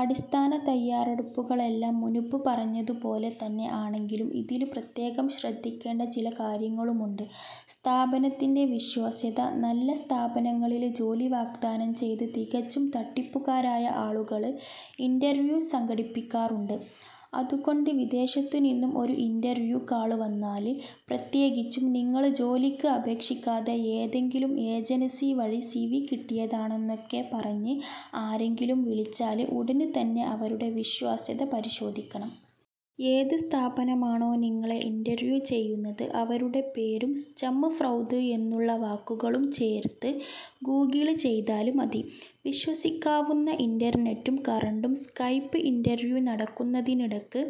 അടിസ്ഥാന തയ്യാറെടുപ്പുകളെല്ലാം മുന്പ് പറഞ്ഞത് പോലെ തന്നെ ആണെങ്കിലും ഇതില് പ്രത്യേകം ശ്രദ്ധിക്കേണ്ട ചില കാര്യങ്ങളുമുണ്ട്.. സ്ഥാപനത്തിന്റെ വിശ്വാസ്യത:നല്ല സ്ഥാപനങ്ങളില് ജോലി വാഗ്ദാനം ചെയ്ത് തികച്ചും തട്ടിപ്പുകാരായ ആളുകള് ഇന്റര്വ്യൂ സംഘടിപ്പിക്കാറുണ്ട്. അതുകൊണ്ട് വിദേശത്തു നിന്നും ഒരു ഇന്റര്വ്യൂ കാള് വന്നാല്, പ്രത്യേകിച്ചും നിങ്ങള് ജോലിക്ക് അപേക്ഷിക്കാതെ, ഏതെങ്കിലും ഏജന്സി വഴി സിവി കിട്ടിയായതാണെന്നൊക്ക പറഞ്ഞ് ആരെങ്കിലും വിളിച്ചാല് ഉടന് തന്നെ അവരുടെ വിശ്വാസ്യത പരിശോധിക്കണം. ഏത് സ്ഥാപനമാണോ നിങ്ങളെ ഇന്റര്വ്യൂ ചെയ്യുന്നത് അവരുടെ പേരും സ്ചമ് ഫ്രൌദ് എന്നുള്ള വാക്കുകളും ചേര്ത്ത് ഗൂഗിള് ചെയ്താല് മതി.. വിശ്വസിക്കാവുന്ന ഇന്റര്നെറ്റും കറണ്ടും:സ്കൈപ് ഇന്റര്വ്യൂ നടക്കുന്നതിനിടക്ക്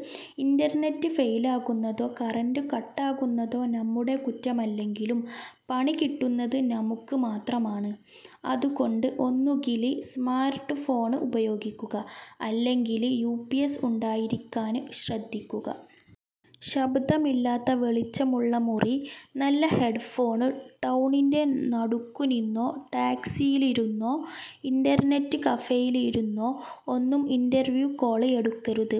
ഇന്റര്നെറ്റ് ഫെയിലാകുന്നതോ കറന്റ് കട്ടാകുന്നതോ നമ്മുടെ കുറ്റമല്ലെങ്കിലും 'പണി കിട്ടുന്നത്' നമുക്ക് മാത്രമാണ്. അതുകൊണ്ട് ഒന്നുകില് സ്മാര്ട്ട് ഫോണ് ഉപയോഗിക്കുക, അല്ലെങ്കില് യുപിഎസ് ഉണ്ടായിരിക്കാന് ശ്രദ്ധിക്കുക.. ശബ്ദമില്ലാത്ത വെളിച്ചമുള്ള മുറി, നല്ല ഹെഡ് ഫോണ്:ടൗണിന്റെ നടുക്കുനിന്നോ ടാക്സിയിലിരുന്നോ, ഇന്റര്നെറ്റ് കഫെയില് ഇരുന്നോ ഒന്നും ഇന്റര്വ്യൂ കാള് എടുക്കരുത്.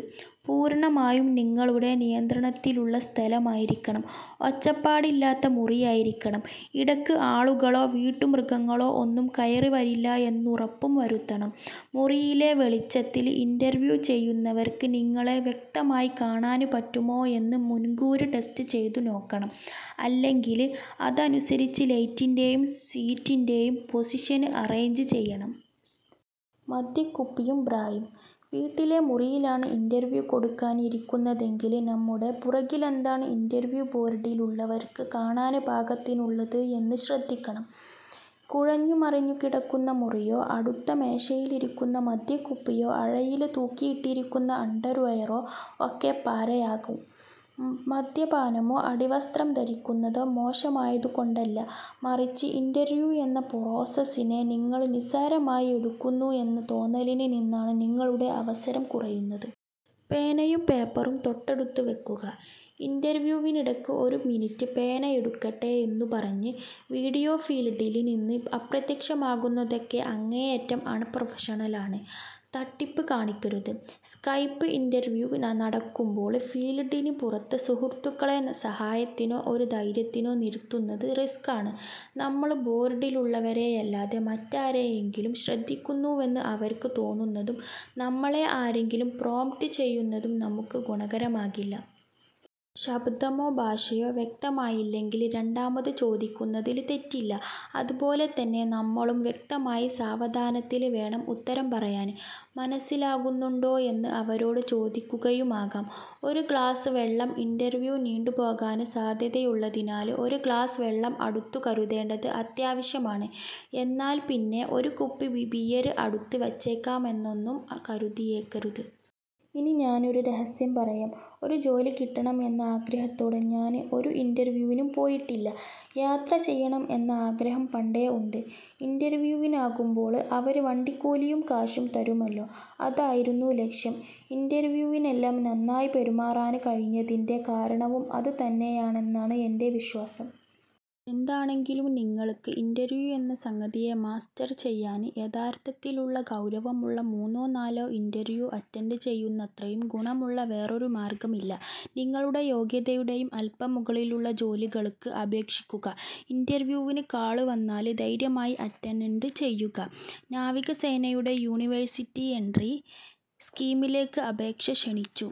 പൂര്ണ്ണമായും നിങ്ങളുടെ നിയന്ത്രണത്തിലുള്ള സ്ഥലമായിരിക്കണം, ഒച്ചപ്പാടിലാത്ത മുറിയായിരിക്കണം, ഇടക്ക് ആളുകളോ വീട്ടുമൃഗങ്ങളോ ഒന്നും കയറിവരില്ല എന്നുറപ്പും വരുത്തണം.. മുറിയിലെ വെളിച്ചത്തില് ഇന്റര്വ്യൂ ചെയ്യുന്നവര്ക്ക് നിങ്ങളെ വ്യക്തമായി കാണാന് പറ്റുമോ എന്ന് മുന്കൂര് ടെസ്റ്റ് ചെയ്തു നോക്കണം, അല്ലെങ്കില് അതനുസരിച്ച് ലൈറ്റിന്റെയും സീറ്റിന്റെയും പൊസിഷന് അറേഞ്ച് ചെയ്യണം.. മദ്യക്കുപ്പിയും ബ്രായും:വീട്ടിലെ മുറിയിലാണ് ഇന്റര്വ്യൂ കൊടുക്കാന് ഇരിക്കുന്നതെങ്കില് നമ്മുടെ പുറകിലെന്താണ് ഇന്റര്വ്യൂ ബോർ lഡിലുള്ളവർക്ക് കാണാന് പാകത്തിനുള്ളത് എന്നു ശ്രദ്ധിക്കണം. കുഴഞ്ഞുമറിഞ്ഞു കിടക്കുന്ന മുറിയോ, അടുത്ത മേശയിലിരിക്കുന്ന മദ്യക്കുപ്പിയോ, അഴയില് തൂക്കിയിട്ടിരിക്കുന്ന അണ്ടര്വെയറോ ഒക്കെ പാരയാകും. മദ്യപാനമോ അടിവസ്ത്രം ധരിക്കുന്നതോ മോശമായതുകൊണ്ടല്ല, മറിച്ച് ഇന്റര്വ്യൂ എന്ന പ്രോസസിനെ നിങ്ങള് നിസ്സാരമായി എടുക്കുന്നു എന്ന തോന്നലില് നിന്നാണ് നിങ്ങളുടെ അവസരം കുറയുന്നത്.. പേനയും പേപ്പറും തൊട്ടടുത്ത് വെക്കുക:ഇന്റര്വ്യൂവിനിടക്ക് ഒരു മിനിറ്റ്, പേനയെടുക്കട്ടെ, എന്നുപറഞ്ഞ് വീഡിയോ ഫീല്ഡില് നിന്ന് അപ്രത്യക്ഷമാകുന്നതൊക്കെ അങ്ങേയറ്റം അണ്പ്രൊഫഷണലാണ്.. തട്ടിപ്പ് കാണിക്കരുത്:സ്കൈപ്പ് ഇന്റര്വ്യൂ നടക്കുമ്പോള് ഫീല്ഡിനു പുറത്ത് സുഹൃത്തുക്കളെ സഹായത്തിനോ ഒരു ധൈര്യത്തിനോ നിര്ത്തുന്നത് റിസ്ക്കാണ്. നമ്മള് ബോര്ഡിലുള്ളവരെയല്ലാതെ മറ്റാരെയെങ്കിലും ശ്രദ്ധിക്കുന്നുവെന്ന് അവര്ക്ക് തോന്നുന്നതും നമ്മളെ ആരെങ്കിലും പ്രോംപ്റ്റ് ചെയ്യുന്നതും നമുക്ക് ഗുണകരമാകില്ല. ശബ്ദമോ ഭാഷയോ വ്യക്തമായില്ലെങ്കില് രണ്ടാമത് ചോദിക്കുന്നതില് തെറ്റില്ല. അതുപോലെതന്നെ നമ്മളും വ്യക്തമായി സാവധാനത്തില് വേണം ഉത്തരം പറയാന്. മനസ്സിലാകുന്നുണ്ടോ എന്ന് അവരോട് ചോദിക്കുകയുമാകാം.. ഒരു ഗ്ലാസ് വെള്ളം:ഇന്റര്വ്യൂ നീണ്ടുപോകാന് സാധ്യതയുള്ളതിനാല് ഒരു ഗ്ലാസ് വെള്ളം അടുത്തു കരുതേണ്ടത് അത്യാവശ്യമാണ്. എന്നാല്പ്പിന്നെ ഒരു കുപ്പി ബിയർ അടുത്ത് വെച്ചേക്കാമെന്നൊന്നും കരുതിയേക്കരുത്. ഇനി ഞാനൊരു രഹസ്യം പറയാം. ഒരു ജോലി കിട്ടണം എന്ന ആഗ്രഹത്തോടെ ഞാന് ഒരു ഇന്റര്വ്യൂവിനും പോയിട്ടില്ല. യാത്ര ചെയ്യണം എന്ന ആഗ്രഹം പണ്ടേ ഉണ്ട്. ഇന്റര്വ്യൂവിനാകുമ്പോള് അവര് വണ്ടിക്കൂലിയും കാശും തരുമല്ലോ, അതായിരുന്നു ലക്ഷ്യം. ഇന്റര്വ്യൂവിനെല്ലാം നന്നായി പെരുമാറാന് കഴിഞ്ഞതിന്റെ കാരണവും അത് തന്നെയാണെന്നാണ് എന്റെ വിശ്വാസം. എന്താണെങ്കിലും നിങ്ങള്ക്ക് ഇന്റര്വ്യൂ എന്ന സംഗതിയെ മാസ്റ്റര് ചെയ്യാന് യഥാർത്ഥത്തിലുള്ള, ഗൗരവമുള്ള മൂന്നോ നാലോ ഇന്റര്വ്യൂ അറ്റന്ഡ് ചെയ്യുന്നത്രയും ഗുണമുള്ള വേറൊരു മാര്ഗ്ഗമില്ല. നിങ്ങളുടെ യോഗ്യതയുടെയും അല്പം മുകളിലുള്ള ജോലികള്ക്ക് അപേക്ഷിക്കുക, ഇന്റര്വ്യൂവിന് കാള് വന്നാല് ധൈര്യമായി അറ്റന്ഡ് ചെയ്യുക. നാവികസേനയുടെ യൂണിവേഴ്സിറ്റി എന്ട്രി സ്കീമിലേക്ക് അപേക്ഷ ക്ഷണിച്ചു.